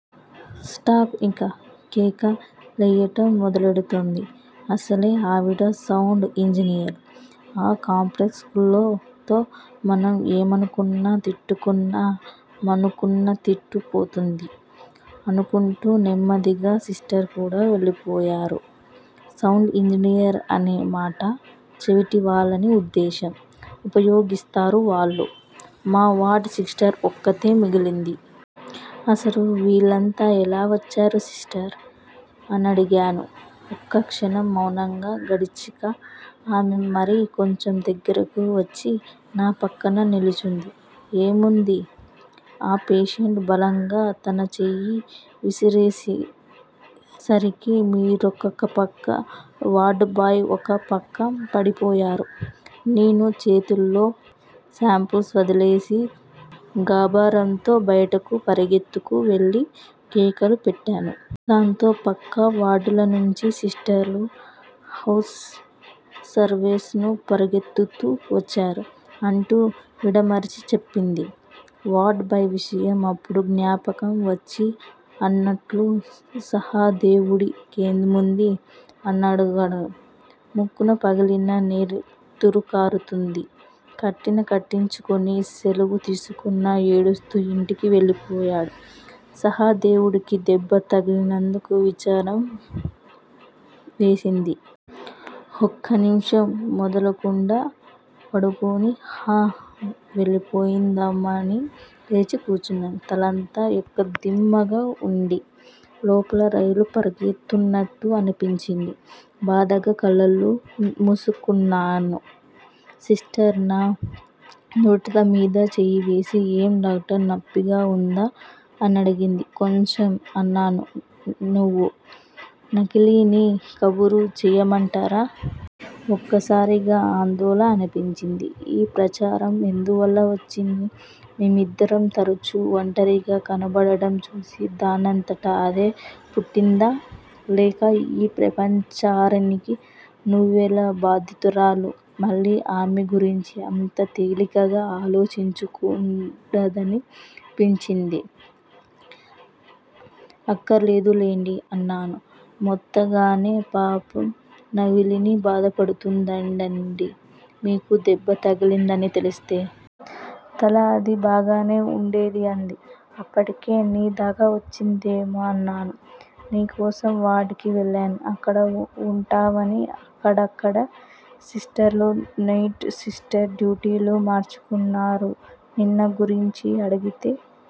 Staff యింక కేక లెయ్యటం మొదలెడుతుంది. అసలే ఆవిడ సౌండ్ యింజనీర్. ఆ కాంప్లెక్సుతో మనం ఏమనుకున్నా తిట్టుకుంటున్నా మానుకున్న తిట్టు పోతుంది అనుకుంటూ, నెమ్మదిగా సిస్టర్స్ కూడా వెళ్ళిపోయారు. సౌండ్ యింజనీరు అనే మాట చెవిటివాళ్ళని ఉద్దేశ ఉపయోగిస్తారు వాళ్ళు. మా వార్డు సిస్టర్ ఒక్కతే మిగిలింది. అసలు వీళ్ళంతా ఎలా వచ్చారు సిస్టర్! అనడిగాను, ఒక క్షణం మౌనంగా గడిచాక. ఆమె మరి కొంచెం దగ్గరకు వచ్చి నా ప్రక్కన నిల్చుంది. ఏముంది? ఆ పేషెంటు బలంగా తన చెయ్యి విసిరేసరికి మీరొక ప్రక్కా, వార్డుబోయ్ ఒక ప్రక్కా పడిపోయారు. నేను చేతిలో యాంపుల్స్ వదిలేసి గాభరంతో బయటకు పరిగెత్తుకు వెళ్ళి కేకలు పెట్టాను. దాంతో ప్రక్క వార్డులనుంచి సిస్టర్లూ, హౌస్ సర్వీస్న్లూ పరిగెత్తుకు వచ్చారు అంటూ, విడమర్చి చెప్పింది. వార్డుబాయ్ విషయం అప్పుడు జ్ఞాపకం వచ్చి అన్నట్లు సహదేవుడి కేముంది? అనడిగాను. ముక్కు పగిలి నెత్తురుకారింది. కట్టు కట్టించుకున్న, సెలవు తీసుకుని ఏడుస్తూ యింటికివెళ్ళిపోయాడు. సహదేవుడికి దెబ్బ తగిలినందుకు విచారం వేసింది. ఒక నిముషం మొదలకుండా పడుకుని యిహ వెళ్ళిపోదామని లేచి కూర్చున్నాను. తలంతా యింకా దిమ్ముగా వుండి, లోపల రైళ్ళు పరిగెత్తున్నట్లు అనిపించింది. బాధగా కళ్ళు మూసుకున్నాను. సిస్టర్ నా నుదుటిమీద చెయ్యివేసి ఏం డాక్టర్, నొప్పిగా వుందా? అనడిగింది. కొంచెం అన్నాను నవ్వి. నళినికి కబురు చెయ్యమంటారా? ఒక్కసారిగా అదోలా అనిపించింది. ఈ ప్రచారం ఎందువల్ల వచ్చింది? మేమిద్దరం తరుచు వంటరిగా కనబడటం చూసి దానంతట అదే పుట్టిందా? లేక ఈ ప్రపంచరనికి నున్నెల బాధ్యురాలా! మళ్ళీ ఆమె గురించి అంత తేలికగా ఆలోచించకూడదనిపించింది. అఖ్కర్లేదులెండి అన్నాను మెత్తగానే. పాపం నళిని బాధపడుతుందండి మీకు దెబ్బ తగిలిందని తెలిస్తే. తలా అదీ బాగానే ఉండే అంది. అప్పటికే నీ దాకావచ్చిందే అన్నాను. నీకోసం వార్డుకి వెళ్ళాను. అక్కడ వుంటావని. అక్కడక్కడే సిస్టరూ, నైట్ సిస్టరూ డ్యూటీలు మార్చుకున్నారు. నిన్ను గురించి అడిగితే